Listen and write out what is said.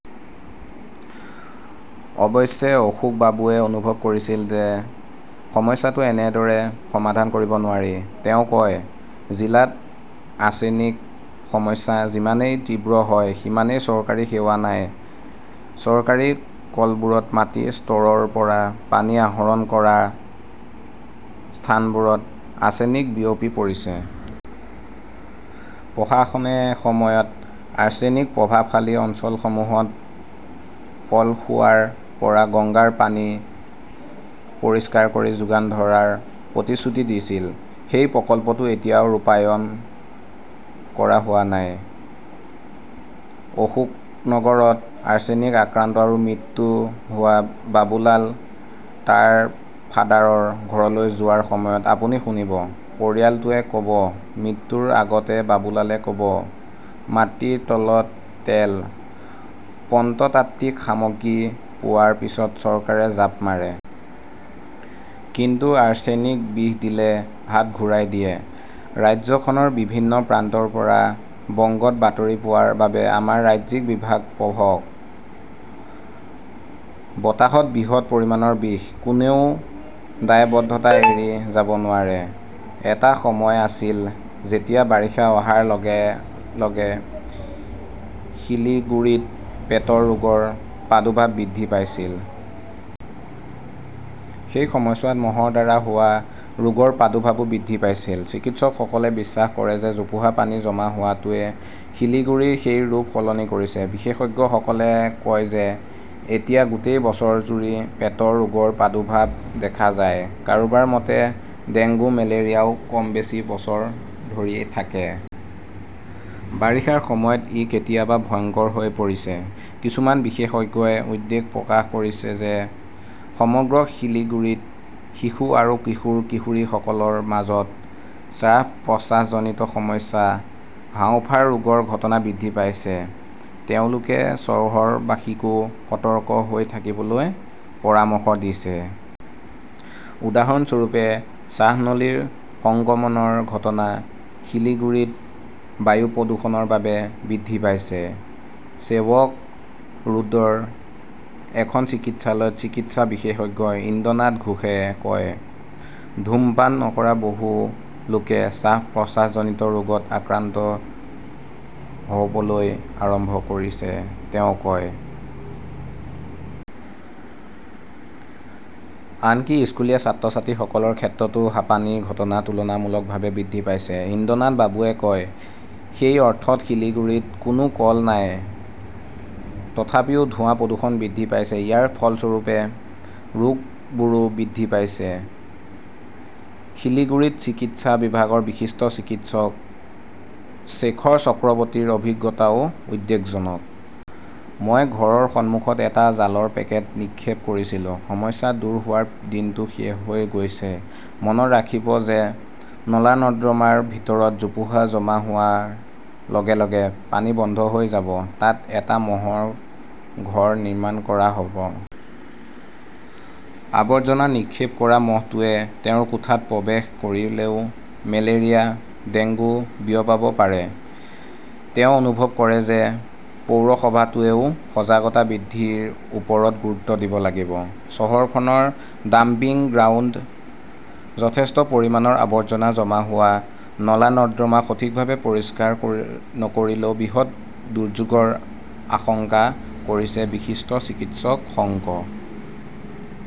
অৱশ্যে অশোকবাবুৱে অনুভৱ কৰিছিল যে সমস্যাটো এনেদৰে সমাধান কৰিব নোৱাৰি। তেওঁ কয়, "জিলাত আৰ্ছেনিক সমস্যা যিমানেই তীব্ৰ হয় সিমানেই চৰকাৰী সেৱা নাই। চৰকাৰী কলবোৰত মাটিৰ স্তৰৰ পৰা পানী আহৰণ কৰা ঠাইবোৰতো আৰ্ছেনিক বিয়পি পৰিছে। "প্ৰশাসনে এসময়ত আৰ্ছেনিক প্ৰভাৱশালী অঞ্চলসমূহত পলসুৱাৰ পৰা গংগাৰ পানী পৰিষ্কাৰ কৰি যোগান ধৰাৰ প্ৰতিশ্ৰুতি দিছিল। সেই প্ৰকল্পটো এতিয়াও ৰূপায়ণ কৰা হোৱা নাই। অশোকনগৰত আৰ্ছেনিক আক্ৰান্ত আৰু মৃত্যু হোৱা বাবুলাল তাৰফাদাৰৰ ঘৰলৈ যোৱাৰ সময়ত আপুনি শুনিব, পৰিয়ালটোৱে ক 'ব, মৃত্যুৰ আগতে বাবুলালে ক' ব, 'মাটিৰ তলত তেল, প্ৰত্নতাত্ত্বিক সামগ্ৰী পোৱাৰ পিছত চৰকাৰে জাপ মাৰে। কিন্তু আৰ্ছেনিক-বিষ দিলে হাত ঘূৰাই দিয়ে। "ৰাজ্যখনৰ বিভিন্ন প্ৰান্তৰ পৰা বংগত বাতৰি পোৱাৰ বাবে আমাৰ ৰাজ্যিক বিভাগ পঢ়ক। বতাহত বৃহৎ পৰিমাণৰ বিষ! কোনেও দায়বদ্ধতা এৰি যাব নোৱাৰে এটা সময় আছিল যেতিয়া বাৰিষা অহাৰ লগে লগে শিলিগুড়িত পেটৰ ৰোগৰ প্ৰাদুৰ্ভাৱ বৃদ্ধি পাইছিল। সেই সময়ছোৱাত মহৰ দ্বাৰা হোৱা ৰোগৰ প্ৰাদুৰ্ভাৱো বৃদ্ধি পাইছিল। চিকিৎসকসকলে বিশ্বাস কৰে যে জোপোহা-পানী জমা হোৱাটোৱে শিলিগুৰিৰ সেই ৰূপ সলনি কৰিছে। বিশেষজ্ঞসকলে কয় যে এতিয়া গোটেই বছৰজুৰি পেটৰ ৰোগৰ প্ৰাদুৰ্ভাৱ দেখা যায়। কাৰোবাৰ মতে, ডেংগু, মেলেৰিয়াও কম বেছি বছৰ ধৰি থাকে। বাৰিষাৰ সময়ত ই কেতিয়াবা ভয়ংকৰ হৈ পৰিছে। কিছুমান বিশেষজ্ঞই উদ্বেগ প্ৰকাশ কৰিছে যে সমগ্ৰ শিলিগুড়িত শিশু আৰু কিশোৰ-কিশোৰীসকলৰ মাজত শ্বাস-প্ৰশ্বাসজনিত সমস্যা, হাঁওফাঁওৰ ৰোগৰ ঘটনা বৃদ্ধি পাইছে। তেওঁলোকে চহৰবাসীকো সতৰ্ক হৈ থাকিবলৈ পৰামৰ্শ দিছে। উদাহৰণস্বৰূপে, শ্বাসনলীৰ সংক্ৰমণৰ ঘটনা সিলিগুৰীত বায়ু প্ৰদূষণৰ বাবে বৃদ্ধি পাইছে ", ছেৱক ৰোডৰ এখন চিকিৎসালয়ত চিকিৎসা বিশেষজ্ঞ ইন্দ্ৰনাথ ঘোষে কয়। ধূমপান নকৰা বহু লোকে শ্বাস-প্ৰশ্বাসজনিত ৰোগত আক্ৰান্ত হ "বলৈ আৰম্ভ কৰিছে, তেওঁ কয়। আনকি স্কুলীয়া ছাত্ৰ-ছাত্ৰীসকলৰ ক্ষেত্ৰতো হাঁপানিৰ ঘটনা তুলনামূলকভাৱে বৃদ্ধি পাইছে। ইন্দ্ৰনাথ বাবুৱে কয়, "সেই অৰ্থত শিলিগুড়িত কোনো কল নাই। তথাপিও ধোঁৱা-প্ৰদূষণ বৃদ্ধি পাইছে। ইয়াৰ ফলস্বৰূপে ৰোগবোৰো বৃদ্ধি পাইছে। "শিলিগুড়িৰ চিকিৎসা বিভাগৰ বিশিষ্ট চিকিৎসক শেখৰ চক্ৰৱৰ্তীৰ অভিজ্ঞতাও উদ্বেগজনক। "মই ঘৰৰ সন্মুখত এটা জালৰ পেকেট নিক্ষেপ কৰিছিলো। সমস্যা দূৰ হোৱাৰ দিনটো শেষ হৈ গৈছে। মনত ৰাখিব যে নলা-নৰ্দমাৰ ভিতৰত জোপোহা জমা হোৱাৰ লগে লগে পানী বন্ধ হৈ যাব। তাত এটা মহৰ ঘৰ নিৰ্মাণ কৰা হ "ব। আৱৰ্জনা নিক্ষেপ কৰা মহটোৱে তেওঁৰ কোঠাত প্ৰৱেশ কৰিলেও মেলেৰিয়া, ডেংগু বিয়পাব পাৰে। "তেওঁ অনুভৱ কৰে যে পৌৰসভাটোৱেও সজাগতা বৃদ্ধিৰ ওপৰত গুৰুত্ব দিব লাগিব। চহৰখনৰ ডাম্পিং গ্ৰাউণ্ড, যথেষ্ট পৰিমাণৰ আৱৰ্জনা জমা হোৱা, নলা-নৰ্দমা সঠিকভাৱে পৰিষ্কাৰ নকৰিলে বৃহৎ দুৰ্যোগৰ আশংকা কৰিছে বিশিষ্ট চিকিৎসক শংক